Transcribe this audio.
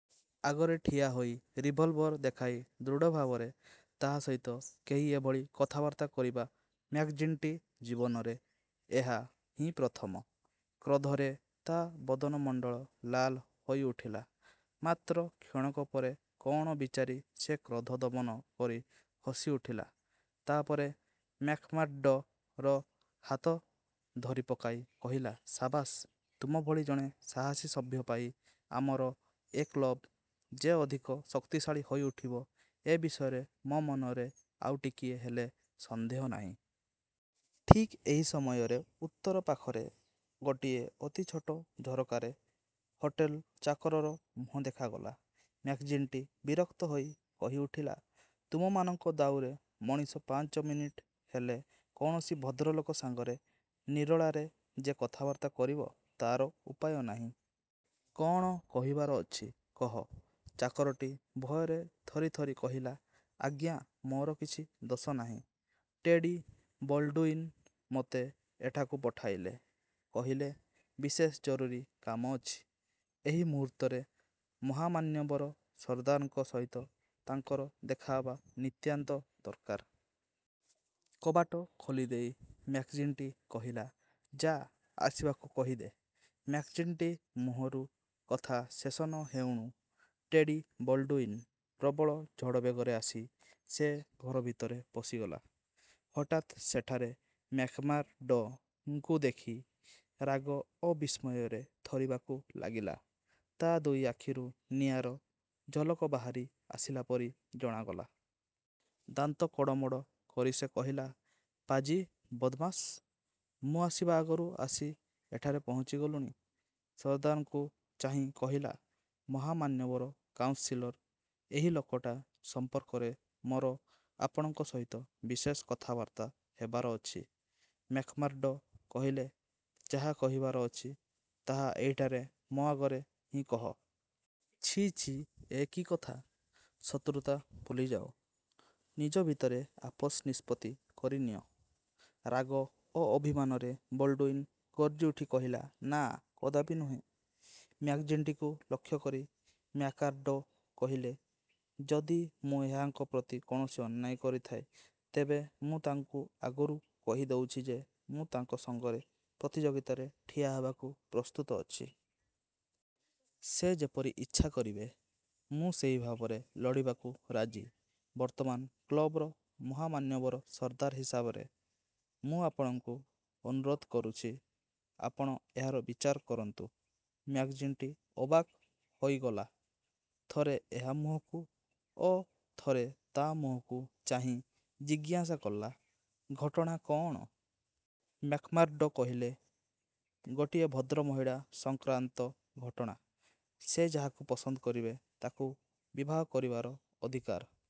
'' ଆଗରେ ଠିଆହୋଇ ରିଭଲଭର ଦେଖାଇ ଦୃଢ଼ଭାବରେ ତାହା ସହିତ କେହି ଏଭଳି କଥାବାର୍ତ୍ତା କରିବା ମ୍ୟାକ୍ଜିଣ୍ଟି ଜୀବନରେ ଏହା ହିଁ ପ୍ରଥମ। କ୍ରୋଧରେ ତା ବଦନମଣ୍ଡଳ ଲାଲ ହୋଇଉଠିଲା। ମାତ୍ର କ୍ଷଣକ ପରେ କଅଣ ବିଚାରି ସେ କ୍ରୋଧ ଦମନ କରି ହସିଉଠିଲା। ତା ପରେ ମ୍ୟାକ୍ମାର୍ଡ଼ୋର ହାତ ଧରିପକାଇ କହିଲା, ''ସାବାସ୍, ତୁମ ଭଳି ଜଣେ ସାହସୀ ସଭ୍ୟ ପାଇ ଆମର ଏ କ୍ଳବ ଯେ ଅଧିକ ଶକ୍ତିଶାଳୀ ହୋଇଉଠିବ, ଏ ବିଷୟରେ ମୋ ମନରେ ଆଉ ଟିକିଏ ହେଲେ ସନ୍ଦେହ ନାହିଁ। '' ଠିକ୍ ଏହି ସମୟରେ ଉତ୍ତର ପାଖରେ ଗୋଟିଏ ଅତି ଛୋଟ ଝରକାରେ ହୋଟେଲ ଚାକରର ମୁହଁ ଦେଖାଗଲା। ମ୍ୟାକ୍ଜିଣ୍ଟି ବିରକ୍ତହୋଇ କହିଉଠିଲା, ''ତୁମମାନଙ୍କ ଦାଉରେ ମଣିଷ ପାଞ୍ଚ ମିନିଟ୍ ହେଲେ କୌଣସି ଭଦ୍ରଲୋକ ସାଙ୍ଗରେ ନିରୋଳାରେ ଯେ କଥାବାର୍ତ୍ତା କରିବ, ତାର ଉପାୟ ନାହିଁ। କଅଣ କହିବାର ଅଛି? କହ। '' ଚାକରଟି ଭୟରେ ଥରିଥରି କହିଲା, ''ଆଜ୍ଞା, ମୋର କିଛି ଦୋଷ ନାହିଁ। ଟେଡ଼ି ବଲ୍ଡ଼ୁଇନ ମୋତେ ଏଠାକୁ ପଠାଇଲେ। କହିଲେ, ବିଶେଷ ଜରୁରୀ କାମ ଅଛି, ଏହି ମୁହୂର୍ତ୍ତରେ ମହାମାନ୍ୟବର ସର୍ଦ୍ଦାରଙ୍କ ସହିତ ତାଙ୍କର ଦେଖାହେବା ନିତାନ୍ତ ଦରକାର। '' କବାଟ ଖୋଲିଦେଇ ମ୍ୟାକ୍ଜିଣ୍ଟି କହିଲା, ''ଯା, ଆସିବାକୁ କହିଦେ। '' ମ୍ୟାକ୍ଜିଣ୍ଟି ମୁହଁରୁ କଥା ଶେଷ ନ ହେଉଣୁ ଟେଡ଼ି ବଲ୍ଡ଼ୁଇନ ପ୍ରବଳ ଝଡ଼ବେଗରେ ଆସି ସେ ଘରଭିତରେ ପଶିଗଲା। ହଠାତ୍ ସେଠାରେ ମ୍ୟାକ୍ମାର୍ଡ଼ୋଙ୍କୁ ଦେଖି ରାଗ ଓ ବିସ୍ମୟରେ ଥରିବାକୁ ଲାଗିଲା। ତା ଦୁଇ ଆଖିରୁ ନିଆଁର ଝଲକ ବାହାରି ଆସିଲା ପରି ଜଣାଗଲା। ଦାନ୍ତ କଡ଼ମଡ଼ କରି ସେ କହିଲା, ''ପାଜି, ବଦମାସ୍! ମୁଁ ଆସିବା ଆଗରୁ ଆସି ଏଠାରେ ପହଞ୍ଚିଗଲୁଣି? '' ସର୍ଦ୍ଦାରକୁ ଚାହିଁ କହିଲା, ''ମହାମାନ୍ୟବର କାଉନ୍ସିଲର, ଏହି ଲୋକଟା ସମ୍ପର୍କରେ ମୋର ଆପଣଙ୍କ ସହିତ ବିଶେଷ କଥାବାର୍ତ୍ତା ହେବାର ଅଛି। '' ମ୍ୟାକ୍ମାର୍ଡ଼ୋ କହିଲେ, ''ଯାହା କହିବାର ଅଛି, ତାହା ଏହିଠାରେ ମୋ ଆଗରେ ହିଁ କହ। ଛି, ଛି, ଏ କି କଥା-? ଶତ୍ରୁତା ଭୁଲିଯାଅ। ନିଜ ଭିତରେ ଆପୋଷ ନିଷ୍ପତ୍ତି କରିନିଅ। '' ରାଗ ଓ ଅଭିମାନରେ ବଲ୍ଡ଼ୁଇନ ଗର୍ଜିଉଠି କହିଲା, ''ନା, କଦାପି ନୁହେଁ। '' ମ୍ୟାକ୍ଜିଣ୍ଟିକୁ ଲକ୍ଷ୍ୟକରି ମ୍ୟାକ୍ମାର୍ଡ଼ୋ କହିଲେ, ''ଯଦି ମୁଁ ଏହାଙ୍କ ପ୍ରତି କୌଣସି ଅନ୍ୟାୟ କରିଥାଏ, ତେବେ ମୁଁ ତାଙ୍କୁ ଆଗରୁ କହି ଦେଉଛି ଯେ, ମୁଁ ତାଙ୍କ ସଙ୍ଗରେ ପ୍ରତିଯୋଗିତାରେ ଠିଆହେବାକୁ ପ୍ରସ୍ତୁତ ଅଛି। ସେ ଯେପରି ଇଚ୍ଛା କରିବେ, ମୁଁ ସେହି ଭାବରେ ଲଢ଼ିବାକୁ ରାଜି। ବର୍ତ୍ତମାନ କ୍ଳବର ମହାମାନ୍ୟବର ସର୍ଦ୍ଦାର ହିସାବରେ ମୁଁ ଆପଣଙ୍କୁ ଅନୁରୋଧ କରୁଛି, ଆପଣ ଏହାର ବିଚାର କରନ୍ତୁ। '' ମ୍ୟାକ୍ଜିଣ୍ଟି ଅବାକ୍ ହୋଇଗଲା। ଥରେ ଏହା ମୁହଁକୁ ଓ ଥରେ ତା ମୁହଁକୁ ଚାହିଁ ଜିଜ୍ଞାସା କଲା, ''ଘଟଣା କଅଣ? '' ମ୍ୟାକ୍ମାର୍ଡ଼ୋ କହିଲେ, ''ଗୋଟିଏ ଭଦ୍ରମହିଳା ସଂକ୍ରାନ୍ତ ଘଟଣା। ସେ ଯାହାକୁ ପସନ୍ଦ କରିବେ, ତାକୁ ବିବାହ କରିବାର ଅଧିକାର